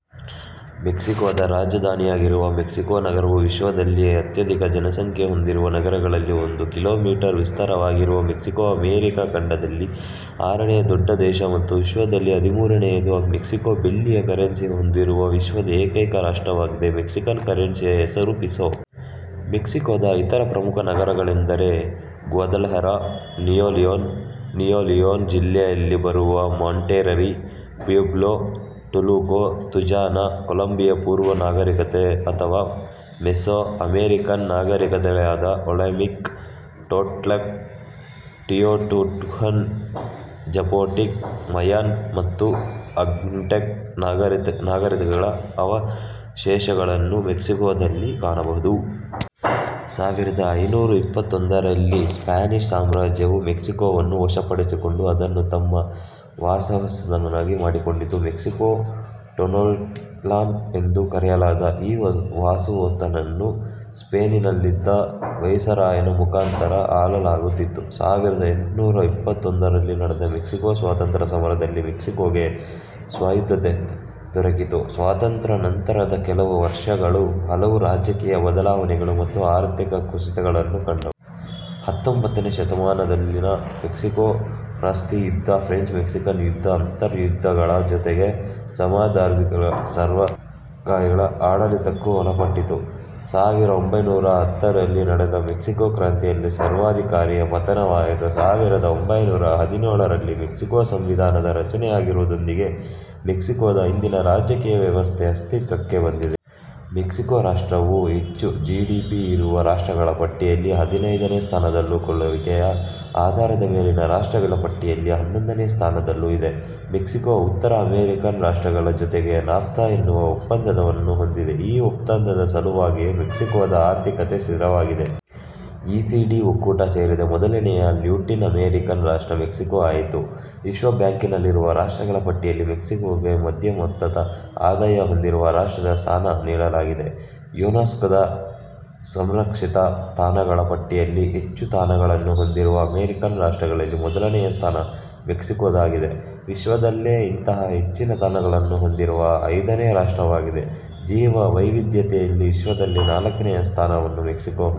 ಮೆಕ್ಸಿಕೋದ ರಾಜಧಾನಿಯಾಗಿರುವ ಮೆಕ್ಸಿಕೋ ನಗರವು ವಿಶ್ವದಲ್ಲಿ ಅತ್ಯಧಿಕ ಜನಸಂಖ್ಯೆ ಹೊಂದಿರುವ ನಗರಗಳಲ್ಲಿ ಒಂದು. ಕಿಲೋ ಮೀಟರ್ ವಿಸ್ತಾರವಾಗಿರುವ ಮೆಕ್ಸಿಕೋ ಅಮೆರಿಕಾ ಖಂಡಗಳಲ್ಲಿ ಆರನೆಯ ದೊಡ್ಡ ದೇಶ ಮತ್ತು ವಿಶ್ವದಲ್ಲಿ ಹದಿಮೂರನೆಯದು. ಮೆಕ್ಸಿಕೋ ಬೆಳ್ಳಿಯ ಕೆರೆನ್ಸಿ ಹೊಂದಿರುವ ವಿಶ್ವದ ಏಕೈಕ ರಾಷ್ಟ್ರವಾಗಿದೆ. ಮೆಕ್ಸಿಕನ್ ಕರೆನ್ಸಿಯ ಹೆಸರು ಪಿಸೋ. ಮೆಕ್ಸಿಕೋದ ಇತರ ಪ್ರಮುಖ ನಗರಗಳೆಂದರೆ Guadalajara, Nuevo Leon, Nuevo Leon ಜಿಲ್ಲೆಯಲ್ಲಿ ಬರುವ Monterrey, Puebla, Toluca, Tijuana. Columbia ಪೂರ್ವ ನಾಗರಿಕತೆ ಅಥವಾ ಮೆಸೋ ಅಮೇರಿಕನ್ ನಾಗರೀಕತೆಗಳಾದ Olmec, Toltec, Teotihuacan, Zapotec, Mayan ಮತ್ತು ಅಜ್ಟೆಕ್ ನಾಗರೀಕತೆಗಳ ಅವಶೇಷಗಳನ್ನು ಮೆಕ್ಸಿಕೋದಲ್ಲಿ ಕಾಣಬಹುದು. ಸಾವಿರದ ಐನೂರ ಇಪ್ಪತ್ತೊಂದರಲ್ಲಿ ಸ್ಪಾನಿಷ್ ಸಾಮ್ರಾಜ್ಯವು ಮೆಕ್ಸಿಕೋವನ್ನು ವಶಪಡಿಸಿಕೊಂಡು ಅದನ್ನು ತಮ್ಮ ವಸಾಹಸುವನ್ನಾಗಿ ಮಾಡಿಕೊಂಡಿತು. ಮೆಕ್ಸಿಕೋ-ಟೆನೊಕ್ಟಿಲಾನ್ ಎಂದು ಕರೆಯಲಾದ ಈ ವಸಾಹುತನ್ನು ಸ್ಪೇನಿನಲ್ಲಿದ್ದ ವೈಸರಾಯನ ಮುಖಾಂತರ ಆಳಲಾಗುತ್ತಿತ್ತು. ಸಾವಿರ ಎಂಟುನೂರ ಇಪ್ಪತ್ತೊಂದರಲ್ಲಿ ನಡೆದ ಮೆಕ್ಸಿಕೋ ಸ್ವಾತಂತ್ರ್ಯ ಸಮರದಲ್ಲಿ ಮೆಕ್ಸಿಕೋಗೆ ಸ್ವಾಯುತ್ತತೆ ದೊರಕಿತು. ಸ್ವಾತಂತ್ರ್ಯಾನಂತರದ ಕೆಲವು ವರ್ಷಗಳು ಹಲವು ರಾಜಕೀಯ ಬದಲಾವಣೆಗಳು ಮತ್ತು ಆರ್ಥಿಕ ಕುಸಿತಗಳನ್ನು ಕಂಡವು. ಹತ್ತೊಂಭತ್ತನೇ ಶತಮಾನದಲ್ಲಿನ ಮೆಕ್ಸಿಕೋ ಪಾಸ್ತ್ರಿ ಯುದ್ದ, ಫ್ರೆಂಚ್- ಮೆಕ್ಸಿಕನ್ ಯುದ್ದ, ಅಂತರ್ಯುದ್ದಗಳ ಜೊತೆಗೆ ಸರ್ವಾಧಿಕಾರಿಗಳ ಆಡಳಿತಕ್ಕೂ ಒಳಪಟ್ಟಿತು. ಸಾವಿರ ಒಂಭೈನೂರ ಹತ್ತರಲ್ಲಿ ನಡೆದ ಮೆಕ್ಸಿಕೋ ಕ್ರಾಂತಿಯಲ್ಲಿ ಸರ್ವಾಧಿಕಾರಿಯ ಪತನವಾಯಿತು. ಸಾವಿರದ ಒಂಭೈನೂರ ಹದಿನೇಳರಲ್ಲಿ ಮೆಕ್ಸಿಕೋ ಸಂವಿಧಾನದ ರಚನೆಯಾಗುವುದರೊಂದಿಗೆ ಮೆಕ್ಸಿಕೋದ ಇಂದಿನ ರಾಜಕೀಯ ವ್ಯವಸ್ಥೆ ಅಸ್ತಿತ್ವಕ್ಕೆ ಬಂದಿದೆ. ಮೆಕ್ಸಿಕೋ ರಾಷ್ಟ್ರವು ಹೆಚ್ಚು ಜಿ. ಡಿ. ಪಿ ಇರುವ ರಾಷ್ಟ್ರಗಳ ಪಟ್ಟಿಯಲ್ಲಿ ಹದಿನೈದನೇ ಸ್ಥಾನದಲ್ಲೂ ಕೊಳ್ಳುವಿಕೆಯ ಆಧಾರದ ಮೇಲಿನ ರಾಷ್ಟ್ರಗಳ ಪಟ್ಟಿಯಲ್ಲಿ ಹನ್ನೊಂದನೆ ಸ್ಥಾನದಲ್ಲೂ ಇದೆ. ಮೆಕ್ಸಿಕೋ ಉತ್ತರ ಅಮೇರಿಕನ್ ರಾಷ್ಟ್ರಗಳ ಜೊತೆಗೆ ನಾಫ್ತಾ ಎನ್ನುವ ಒಪ್ಪಂದವನ್ನು ಹೊಂದಿದೆ. ಈ ಒಪ್ಪಂದದ ಸಲುವಾಗಿಯೇ ಮೆಕ್ಸಿಕೋದ ಆರ್ಥಿಕತೆ ಸ್ಥಿರವಾಗಿದೆ. ಇ. ಸಿ. ಡಿ ಒಕ್ಕೂಟ ಸೇರಿದ ಮೊದಲನೆಯ ಲ್ಯಾಟಿನ್ ಅಮೇರಿಕನ್ ರಾಷ್ಟ್ರ ಮೆಕ್ಸಿಕೋ ಆಯಿತು. ವಿಶ್ವಬ್ಯಾಂಕಿನಲ್ಲಿನ ರಾಷ್ಟ್ರಗಳ ಪಟ್ಟಿಯಲ್ಲಿ ಮೆಕ್ಸಿಕೋಗೆ ಮಧ್ಯಮೋತ್ತಮ ಆದಾಯ ಹೊಂದಿರುವ ರಾಷ್ಟ್ರದ ಸ್ಥಾನ ನೀಡಲಾಗಿದೆ. ಯುನೆಸ್ಕೋದ ಸಂರಕ್ಷಿತ ತಾಣಗಳ ಪಟ್ಟಿಯಲ್ಲಿ ಹೆಚ್ಚು ತಾಣಗಳನ್ನು ಹೊಂದಿರುವ ಅಮೇರಿಕನ್ ರಾಷ್ಟ್ರಗಳಲ್ಲಿ ಮೊದಲನೆಯ ಸ್ಥಾನ ಮೆಕ್ಸಿಕೋದ್ದಾಗಿದೆ ವಿಶ್ವದಲ್ಲೇ ಇಂತಹ ಹೆಚ್ಚಿನ ತಾಣಗಳನ್ನು ಹೊಂದಿರುವ ಐದನೇ ರಾಷ್ಟ್ರವಾಗಿದೆ. ಜೀವ ವೈವಿಧ್ಯತೆಯಲ್ಲಿ ವಿಶ್ವದಲ್ಲೇ ನಾಲ್ಕನೆಯ ಸ್ಥಾನವನ್ನು ಮೆಕ್ಸಿಕೋ ಹೊಂದಿದೆ.